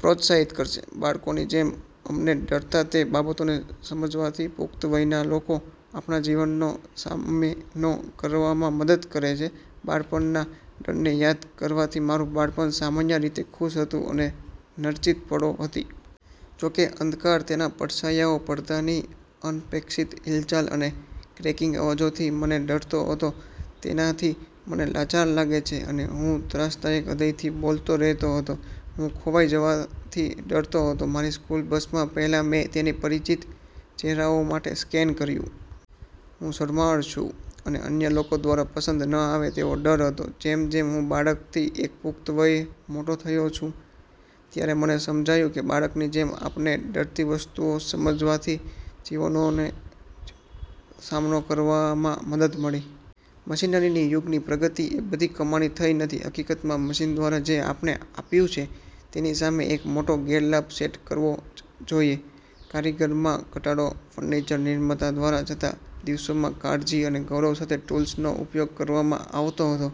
પ્રોત્સાહિત કરશે. બાળકોની જેમ અમને ડરતા તે બાબતોને સમજવાથી પુખ્ત વયના લોકો આપણા જીવનનો સામનો કરવામાં મદદ કરે છે. બાળપણના ડરને યાદ કરવાથી મારું બાળપણ સામાન્ય રીતે ખુશ હતું અને નચિંત પળો હતી. જો કે, અંધકાર તેના પડછાયાઓ, પડધાની અનપેક્ષિત હિલચાલ અને ક્રેકીંગ અવાજોથી મને ડરતો હતો. તેનાથી મને લાચાર લાગે છે અને હું ત્રાસદાયક હૃદયથી બોલતો રહેતો હતો. હું ખોવાઈ જવાથી ડરતો હતો. મારી સ્કૂલ બસમાં પહેલા, મેં તેને પરિચિત ચહેરાઓ માટે સ્કેન કર્યું. હું શરમાળ છું અને અન્ય લોકો દ્વારા પસંદ ન આવે તેવો ડર હતો. જેમ જેમ હું બાળકથી એક પુખ્ત વયે મોટો થયો છું, ત્યારે મને સમજાયું કે બાળકની જેમ આપણને ડરતી વસ્તુઓ સમજવાથી જીવનનો સામનો કરવામાં મદદ મળી. મશીનરીની યુગની પ્રગતિ એ બધી કમાણી થઈ નથી, હકીકતમાં મશીન દ્વારા જે આપણને આપ્યું છે તેની સામે એક મોટો ગેરલાભ સેટ કરવો જ જોઇએ કારીગરીમાં ઘટાડો. ફર્નિચર- નિર્માતા દ્વારા જતા દિવસોમાં કાળજી અને ગૌરવ સાથે ટૂલ્સનો ઉપયોગ કરવામાં આવતો હતો,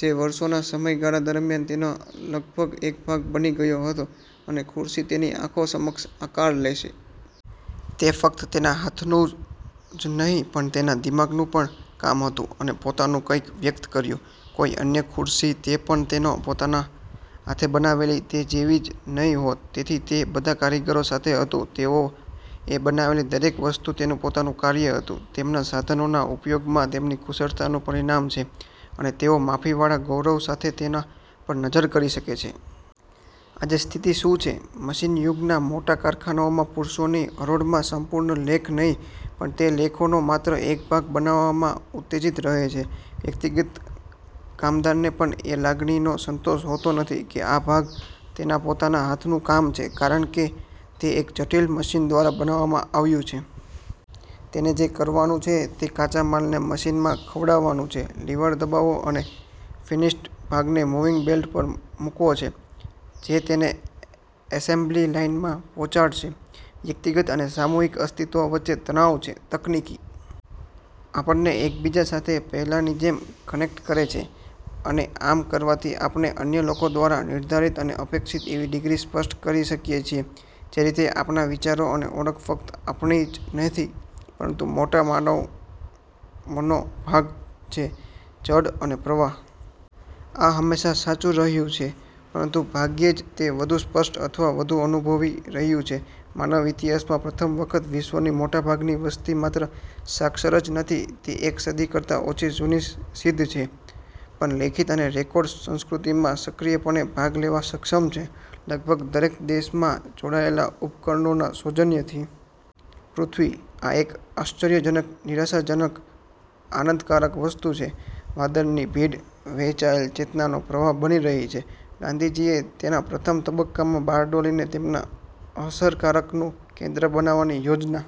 જે વર્ષોના સમયગાળા દરમિયાન, તેનો લગભગ એક ભાગ બની ગયો હતો, અને ખુરશી તેની આંખો સમક્ષ આકાર લેશે. તે ફક્ત તેના હાથનું જ નહીં પણ તેના દિમાગનું પણ કામ હતું, અને પોતાનું કંઈક વ્યક્ત કર્યું; કોઈ અન્ય ખુરશી, તે પણ તેના પોતાના હાથે બનાવેલી, તે જેવી જ નહીં હોત. તેથી તે બધા કારીગરો સાથે હતું; તેઓએ બનાવેલી દરેક વસ્તુ તેનું પોતાનું કાર્ય હતું, તેમના સાધનોના ઉપયોગમાં તેમની કુશળતાનું પરિણામ છે અને તેઓ માફીવાળા ગૌરવ સાથે તેના પર નજર કરી શકે છે. આજે સ્થિતિ શું છે? મશીન યુગના મોટા કારખાનાઓમાં, પુરુષોની હરોળમાં સંપૂર્ણ લેખ નહીં, પણ તે લેખનો માત્ર એક ભાગ બનાવવામાં ઉત્તેજીત રહે છે. વ્યક્તિગત કામદારને પણ એ લાગણીનો સંતોષ હોતો નથી કે આ ભાગ તેના પોતાના હાથનું કામ છે, કારણ કે તે એક જટિલ મશીન દ્વારા બનાવવામાં આવ્યું છે. તેણે જે કરવાનું છે તે કાચા માલને મશીનમાં ખવડાવવાનું છે, લિવર દબાવો અને ફિનિશ્ડ ભાગને મૂવિંગ બેલ્ટ પર મૂકવો છે, જે તેને એસેમ્બલી લાઇનમાં પહોંચાડશે. વ્યક્તિગત અને સામૂહિક અસ્તિત્વ વચ્ચે તણાવ છે. તકનીકી આપણને એકબીજા સાથે પહેલાંની જેમ કનેક્ટ કરે છે, અને આમ કરવાથી આપણે અન્ય લોકો દ્વારા નિર્ધારિત અને અપેક્ષિત એવી ડિગ્રી સ્પષ્ટ કરી શકીએ છીએ: જે રીતે આપણા વિચારો અને ઓળખ ફક્ત આપણી જ નથી, પરંતુ મોટા માનવનો ભાગ છે જડ અને પ્રવાહ. આ હંમેશાં સાચું રહ્યું છે પરંતુ ભાગ્યે જ તે વધુ સ્પષ્ટ અથવા વધુ અનુભવી રહ્યું છે. માનવ ઇતિહાસમાં પ્રથમ વખત, વિશ્વની મોટાભાગની વસ્તી માત્ર સાક્ષર જ નથી તે એક સદી કરતાં ઓછી જૂની સિદ્ધિ છે પણ લેખિત અને રેકોર્ડ સંસ્કૃતિમાં સક્રિયપણે ભાગ લેવા સક્ષમ છે, લગભગ દરેક દેશમાં જોડાયેલા ઉપકરણોના સૌજન્યથી. પૃથ્વી. આ એક આશ્ચર્યજનક, નિરાશાજનક, આનંદકારક વસ્તુ છે: વાદળની ભીડ, વહેંચાયેલ ચેતનાનો પ્રવાહ બની રહી છે. ગાંધીજીએ તેના પ્રથમ તબક્કામાં બારડોલીને તેમના અસહકારનું કેન્દ્ર બનાવવાની યોજના।